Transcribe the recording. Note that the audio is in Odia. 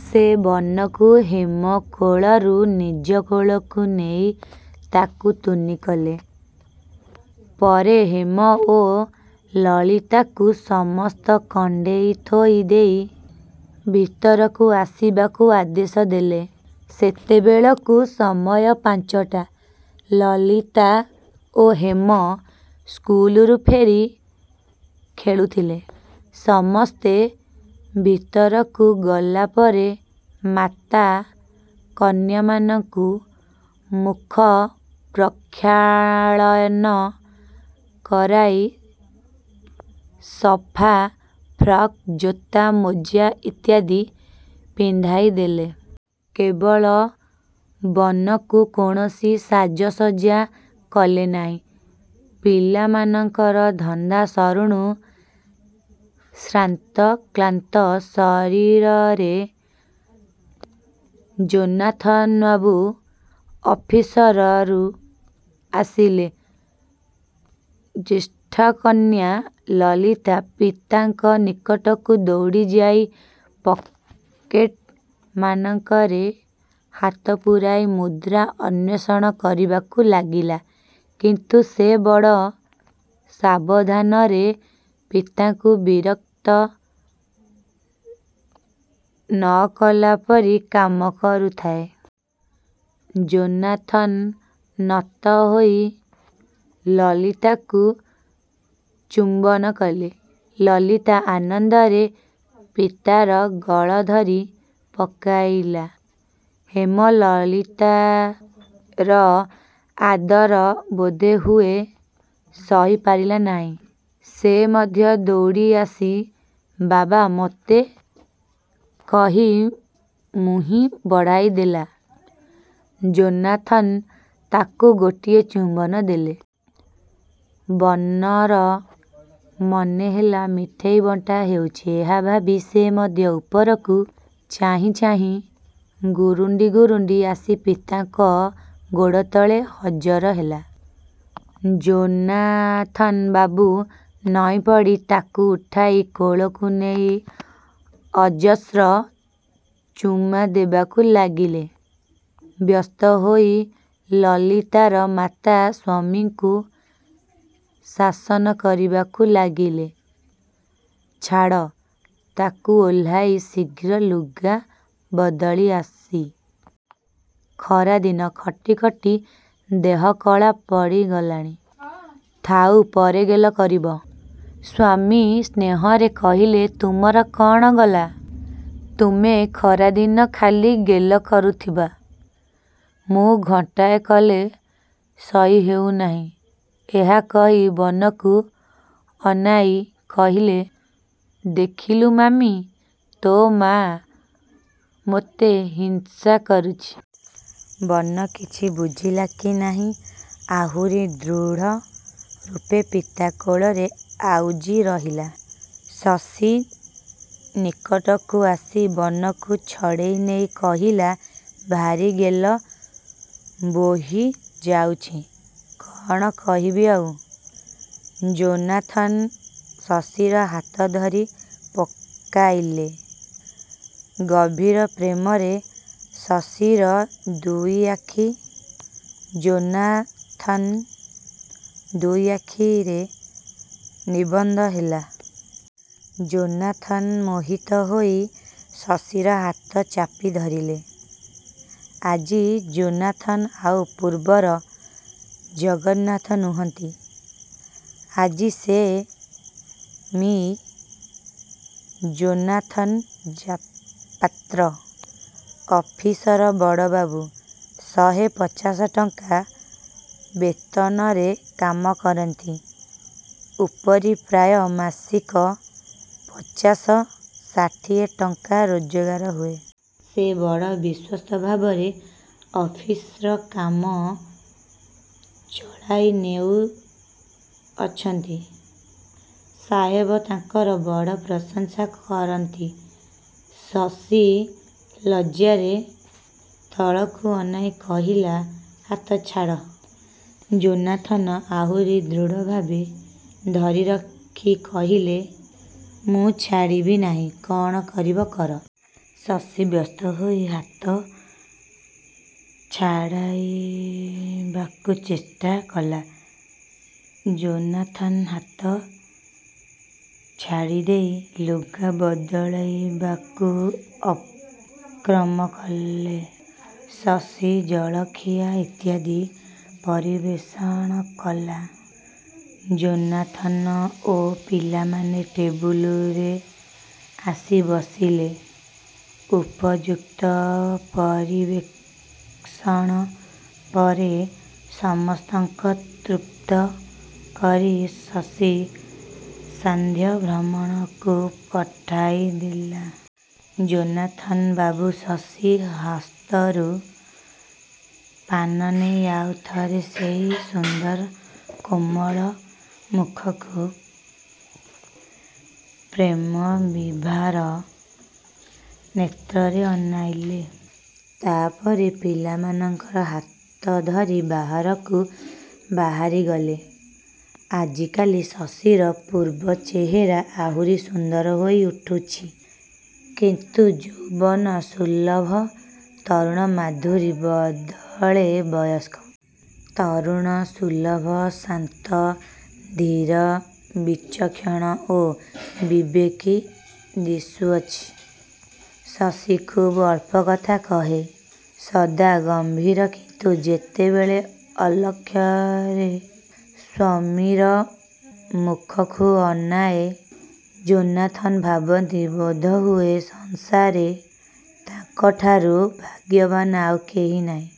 ସେ ବନକୁ ହେମ କୋଳରୁ ନିଜ କୋଳକୁ ନେଇ ତାକୁ ତୁନି କଲେ। ପରେ ହେମ ଓ ଲଳିତାକୁ ସମସ୍ତ କଣ୍ଢେଇ ଥୋଇ ଦେଇ ଭିତରକୁ ଆସିବାକୁ ଆଦେଶ ଦେଲେ। ସେତେବେଳକୁ ସମୟ ପାଞ୍ଚଟା। ଲଲିତା ଓ ହେମ ସ୍କୁଲରୁଫେରି ଖେଳୁଥିଲେ। ସମସ୍ତେ ଭିତରକୁ ଗଲାପରେ ମାତା କନ୍ୟାମାନଙ୍କୁ ମୁଖ ପ୍ରକ୍ଷାଳନ କରାଇ ସଫା ଫ୍ରକ୍ ଜୋତା, ମୋଜା ଇତ୍ୟାଦି ପିନ୍ଧାଇ ଦେଲେ। କେବଳ ବନକୁ କୌଣସି ସାଜସଜ୍ଜା କଲେ ନାହିଁ। ପିଲାମାନଙ୍କର ଧନ୍ଦା ସରୁଣୁ ଶ୍ରାନ୍ତକ୍ଳାନ୍ତ ଶରୀରରେ ଯୋନାଥନ୍ବାବୁ ଅଫିସରୁ ଆସିଲେ। ଜ୍ୟେଷ୍ଠାକନ୍ୟା ଲଳିତା ପିତାଙ୍କ ନିକଟକୁ ଦୌଡ଼ି ଯାଇ ପକେଟ୍ − ମାନଙ୍କରେ ହାତ ପୂରାଇ ମୁଦ୍ରା ଅନ୍ୱେଷଣ କରିବାକୁ ଲାଗିଲା। କିନ୍ତୁ ସେ ବଡ଼ ସାବଧାନରେ ପିତାଙ୍କୁ ବିରକ୍ତ ନକଲାପରି କାମ କରୁଥାଏ। ଯୋନାଥନ୍ ନତ ହୋଇ ଲଳିତାକୁ ଚୁମ୍ୱନ କଲେ। ଲଲିତା ଆନନ୍ଦରେ ପିତାର ଗଳ ଧରି ପକାଇଲା। ହେମ ଲଳିତାର ଆଦର ବୋଧ ହୁଏ ସହିପାରିଲା ନାହିଁ। ସେ ମଧ୍ୟ ଦୌଡ଼ି ଆସି "ବାବା ମୋତେ ମୋତେ" କହି ମୁହିଁ ବଢ଼ାଇ ଦେଲା। ଯୋନାଥନ୍ ତାକୁ ଗୋଟିଏ ଚୁମ୍ୱନ ଦେଲେ। ବନର ମନେ ହେଲା ମିଠାଇ ବଣ୍ଟା ହେଉଛି। ଏହା ଭାବି ସେ ମଧ୍ୟ ଉପରକୁ ଚାହିଁ ଚାହିଁ ଗୁରୁଣ୍ଡି ଗୁରୁଣ୍ଡି ଆସି ପିତାଙ୍କ ଗୋଡ଼ତଳେ ହଜର ହେଲା। ଯୋନାଥନ୍ ବାବୁ ନଇଁପଡ଼ି ତାକୁ ଉଠାଇ କୋଳକୁ ନେଇ ଅଜସ୍ର ଚୂମା ଦେବାକୁ ଲାଗିଲେ। ବ୍ୟସ୍ତ ହୋଇ ଲଲିତାର ମାତା ସ୍ୱାମୀଙ୍କୁ ଶାସନ କରିବାକୁ ଲାଗିଲେ "ଛାଡ଼, ତାକୁ ଓହ୍ଲାଇ ଶୀଘ୍ର ଲୁଗା ବଦଳିଆସି। ସାରାଦିନ ଖଟିଖଟି ଦେହ କଳା ପଡ଼ିଗଲାଣି। ଥାଉ, ପରେ ଗେଲ କରିବ। " ସ୍ୱାମୀ ସ୍ନେହରେ କହିଲେ "ତୁମର କ'ଣ ଗଲା? ତୁମେ ସାରାଦିନ ଖାଲି ଗେଲ କରୁଥିବା। ମୁଁ ଘଣ୍ଟାଏ କଲେ ସହି ହେଉ ନାହିଁ। " ଏହା କହି ବନକୁ ଅନାଇ କହିଲେ, "ଦେଖିଲୁ ମାମି, ତୋ ମା' ମୋତେ ହିଂସାକରୁଚି। " ବନ କିଛି ବୁଝିଲା କି ନାହିଁ ଆହୁରୀ ଦୃଢ଼ରୂପେ ପିତା କୋଳରେ ଆଉଜି ରହିଲା। ଶଶୀ ନିକଟକୁ ଆସି ବନକୁ ଛଡ଼େଇ ନେଇ କହିଲା "ଭାରି ଗେଲ ବୋହି ଯାଉଚି। କଣ କହିବି ଆଉ। " ଯୋନାଥନ୍ ଶଶୀର ହାତ ଧରି ପକାଇଲେ। ଗଭୀର ପ୍ରେମରେ ଶଶୀର ଦୁଇଆଖି ଯୋନାଥନ୍ର ଦୁଇ ଆଖିରେ ନିବଦ୍ଧ ହେଲା। ଯୋନାଥନ୍ ମୋହିତ ହୋଇ ଶଶୀର ହାତ ଚାପି ଧରିଲେ। ଆଜି ଯୋନାଥନ୍ ଆଉ ପୂର୍ବର ଜଗନ୍ନାଥ ନୁହଁନ୍ତି। ଆଜି ସେ ମିଃ ଯୋନାଥନ୍ ପାତ୍ର। ଅଫିସର ବଡ ବାବୁ। ଶହେ ପଚାଶ ଟଙ୍କା ବେତନରେ କାମ କରନ୍ତି। ଉପରି ପ୍ରାୟ ମାସିକ ପଚାଶ ଷାଠିଏ ଟଙ୍କା ରୋଜଗାର ହୁଏ। ସେ ବଡ଼, ବିଶ୍ୱସ୍ତ ଭାବରେ ଅଫିସ୍ର କାମ ଚଳାଇ ନେଉଅଛନ୍ତି। ସାହେବ ତାଙ୍କର ବଡ଼ ପ୍ରଶଂସା କରନ୍ତି। ଶଶୀ ଲଜ୍ଜାରେ ତଳକୁ ଅନାଇଁ କହିଲା "ହାତ ଛାଡ଼। " ଯୋନାଥନ ଆହୁରି ଦୃଢ଼ଭାବେ ଧରି ରଖି କହିଲେ "ମୁଁ ଛାଡ଼ିବି ନାହିଁ। କଣ କରିବ କର। " ଶଶୀ ବ୍ୟସ୍ତ ହୋଇ ହାତ ଛାଡ଼ାଇବାକୁ ଚେଷ୍ଚା କଲା। ଯୋନାଥନ୍ ହାତ। ଛାଡିଦେଇ। ଲୁଗା ବଦଳାଇବାକୁ ଉପକ୍ରମ କଲେ। ଶଶୀ ଜଳଖିଆ ଇତ୍ୟାଦି ପରିବେଷଣକଲା। ଯୋନାଥନ୍ ଓ ପିଲାମାନେ ଟେବୁଲରେ ଆସି ବସିଲେ। ଉପଯୁକ୍ତ ପରିବେଷଣ ପରେ ସମସ୍ତଙ୍କ ତୃପ୍ତ କରି ଶଶୀ ସାନ୍ଧ୍ୟ ଭ୍ରମଣକୁ ପଠାଇଦେଲା। ଯୋନାଥନ୍ ବାବୁ ଶଶୀ ହସ୍ତରୁ ପାନ ନେଇ ଆଉ ଥରେ ସେହି ସୁନ୍ଦର କୋମଳ ମୁଖକୁ ପ୍ରେମବିଭାର ନେତ୍ରରେ ଅନାଇଲେ। ତାପରେ ପିଲାମାନଙ୍କର ହାତଧରି ବାହାରକୁ ବାହିରିଗଲେ। ଆଜିକାଲି ଶଶୀର ପୂର୍ବ ଚେହେରା ଆହୁରୀ ସୁନ୍ଦର ହୋଇ ଉଠିଛି। କିନ୍ତୁ ଯୌବନ ସୁଲଭ ତରୁଣ ମାଧୁରୀ ବଦଳେ ବୟସ୍କ। ତରୁଣୀ ସୁଲଭ ଶାନ୍ତ, ଧୀର, ବିଚକ୍ଷଣ ଓ ବିବେକୀ ଦିଶୁଅଛି। ଶଶୀ ଖୁବ୍ ଅଳ୍ପ କଥା କହେ। ସଦା ଗମ୍ଭୀର କିନ୍ତୁ ଯେତେବେଳେ ଅଲକ୍ଷରେ ସ୍ୱାମୀର ମୁଖକୁ ଅନାଏ, ଯୋନାଥନ୍ ଭାବନ୍ତି ବୋଧହୁଏ ସଂସାରରେ ତାଙ୍କଠାରୁ ଭାଗ୍ୟବାନ ଆଉ କେହି ନାହିଁ।